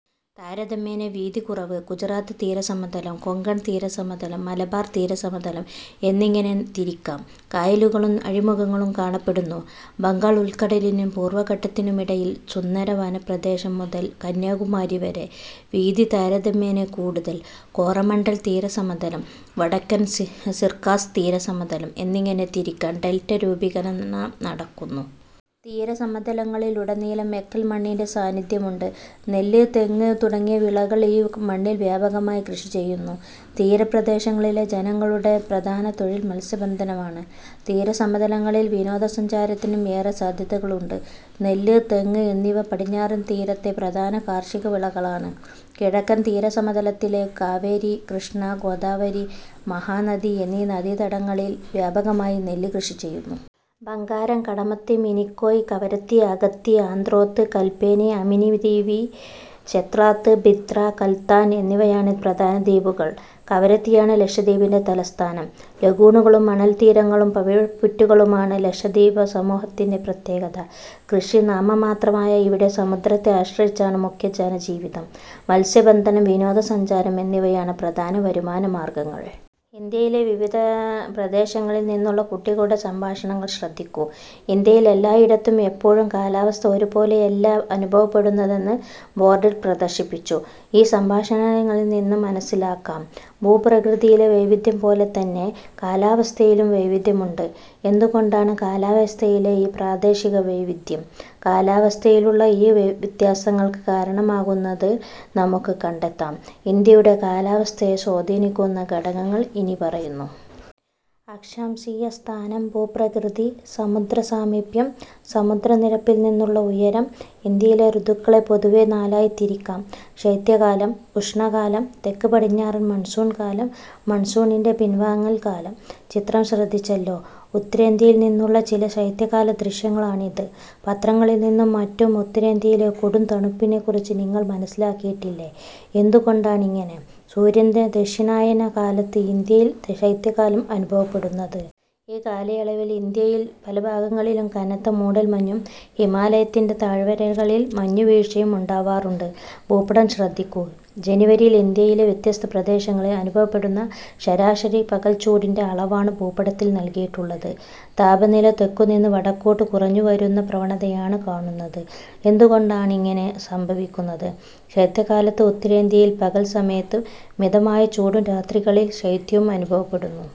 താരതമ്യേന വീതി കുറവ്. ഗുജറാത്ത് തീരസമതലം, കൊങ്കൺ തീരസമതലം, മലബാർ തീരസമതലം എന്നിങ്ങനെ തിരിക്കാം. കായലുകളും അഴിമുഖങ്ങളും കാണപ്പെടുന്നു. ബംഗാൾ ഉൾക്കടലിനും പൂർവഘട്ടത്തിനുമിടയിൽ. സുന്ദരവനപ്രദേശം മുതൽ കന്യാകുമാരി വരെ. വീതി താരതമ്യേന കൂടുതൽ. കോറമണ്ഡൽ തീരസമതലം, വടക്കൻ സിർകാർസ് തീരസമതലം എന്നിങ്ങനെ തിരിക്കാം. ഡെൽറ്റ രൂപീകരണം നടക്കുന്നു. തീരസമതലങ്ങളിലുടനീളം എക്കൽ മണ്ണിന്റെ സാന്നിധ്യമുണ്ട്. നെല്ല്, തെങ്ങ് തുടങ്ങിയ വിളകൾ ഈ മണ്ണിൽ വ്യാപകമായി കൃഷിചെയ്യുന്നു. തീരപ്രദേശങ്ങളിലെ ജനങ്ങളുടെ പ്രധാന തൊഴിൽ മത്സ്യബന്ധനമാണ്. തീരസമതലങ്ങളിൽ വിനോദസഞ്ചാരത്തിനും ഏറെ സാധ്യതകളുണ്ട്. നെല്ല്, തെങ്ങ് എന്നിവ പടിഞ്ഞാറൻ തീരത്തെ പ്രധാന കാർഷികവിളകളാണ്. കിഴക്കൻ തീരസമതലത്തിലെ കാവേരി, കൃഷ്ണ, ഗോദാവരി, മഹാനദി എന്നീ നദീതടങ്ങളിൽ വ്യാപകമായി നെല്ല് കൃഷിചെയ്യുന്നു. ബംഗാരം, കടമത്ത്, മിനിക്കോയ്, കവരത്തി, അഗത്തി, ആന്ത്രോത്ത്, കല്പേനി, അമിനി ദിവി, ചെത്ലാത്ത്, ബിത്ര, കിൽത്താൻ എന്നിവയാണ് പ്രധാന ദ്വീപുകൾ. കവരത്തിയാണ് ലക്ഷദ്വീപിന്റെ തലസ്ഥാനം. ലഗൂണുകളും മണൽത്തീരങ്ങളും പവിഴപ്പുറ്റുകളുമാണ് ലക്ഷദ്വീപസമൂഹത്തിന്റെ പ്രത്യേകത. കൃഷി നാമമാത്രമായ ഇവിടെ സമുദ്രത്തെ ആശ്രയിച്ചാണ് മുഖ്യ ജനജീവിതം. മത്സ്യബന്ധനം, വിനോദ സഞ്ചാരം എന്നിവയാണ് പ്രധാന വരുമാനമാർങ്ങൾ. ഇന്ത്യയുടെ വിവിധ പ്രദേശങ്ങളിൽ നിന്നുള്ള കുട്ടികളുടെ സംഭാഷണങ്ങൾ ശ്രദ്ധിക്കൂ. ഇന്ത്യയിൽ എല്ലായിടത്തും എപ്പോഴും കാലാവസ്ഥ ഒരുപോലെയല്ല അനുഭവപ്പെടുന്നതെന്ന് ബോർഡിൽ പ്രദർശിപ്പിച്ചു. ഈ സംഭാഷണങ്ങളിൽനിന്നു മനസ്സിലാക്കാം. ഭൂപ്രകൃതിയിലെ വൈവിധ്യം പോലെത്തന്നെ കാലാവസ്ഥയിലും വൈവിധ്യമുണ്ട്. എന്തുകൊണ്ടാണ് കാലാവസ്ഥയിലെ ഈ പ്രാദേശികവൈവിധ്യം? കാലാവസ്ഥയിലുള്ള ഈ വ്യത്യാസങ്ങൾക്ക്കാരണമാകുന്നത്? നമുക്ക് കണ്ടെത്താം. ഇന്ത്യയുടെ കാലാവസ്ഥയെ സ്വാധീനിക്കുന്ന ഘടകങ്ങൾ ഇനിപ്പറയുന്നു. അക്ഷാംശീയസ്ഥാനം. ഭൂപ്രകൃതി. സമുദ്രസാമീപ്യം. സമുദ്രനിരപ്പിൽനിന്നുള്ള ഉയരം. ഇന്ത്യയിലെ ഋതുക്കളെ പൊതുവെ നാലായി തിരിക്കാം. ശൈത്യകാലം, ഉഷ്ണകാലം. തെക്ക്-പടിഞ്ഞാറൻ മൺസൂൺ കാലം മൺസൂണിന്റെ പിൻവാങ്ങൽ കാലം. ചിത്രം ശ്രദ്ധിച്ചല്ലോ. ഉത്തരേന്ത്യയിൽനിന്നുള്ള ചില ശൈത്യകാല ദൃശ്യങ്ങളാണിത്. പത്രങ്ങളിൽനിന്നും മറ്റും ഉത്തരേന്ത്യയിലെ കൊടും തണുപ്പിനെക്കുറിച്ച് നിങ്ങൾ മനസ്സിലാക്കിയിട്ടില്ലേ. എന്തുകൊണ്ടാണിങ്ങനെ? സൂര്യന്റെ ദക്ഷിണായന കാലത്താണ് ഇന്ത്യയിൽ ശൈത്യകാലം അനുഭവപ്പെടുന്നത്. ഈ കാലയളവിൽ ഇന്ത്യയിൽ പലഭാഗങ്ങളിലും കനത്ത മൂടൽമഞ്ഞും ഹിമാലയത്തിന്റെ താഴ്വരകളിൽ മഞ്ഞു വീഴ്ചയും ഉണ്ടാവാറുണ്ട്. ഭൂപടം ശ്രദ്ധിക്കൂ. ജനുവരിയിൽ ഇന്ത്യയിലെ വ്യത്യസ്ത പ്രദേശങ്ങളിൽ അനുഭവപ്പെടുന്ന ശരാശരി പകൽച്ചൂടിന്റെ അളവാണ് ഭൂപടത്തിൽ നൽകിയിട്ടുള്ളത്. താപനില തെക്കുനിന്ന് വടക്കോട്ട് കുറഞ്ഞുവരുന്ന പ്രവണതയാണ് കാണുന്നത്. എന്തുകൊണ്ടാണിങ്ങനെ സംഭവിക്കുന്നത്? ശൈത്യകാലത്ത് ഉത്തരേന്ത്യയിൽ പകൽസമയത്ത് മിതമായ ചൂടും രാത്രി കാലങ്ങളിൽ ശൈത്യവും അനുഭവപ്പെടുന്നു.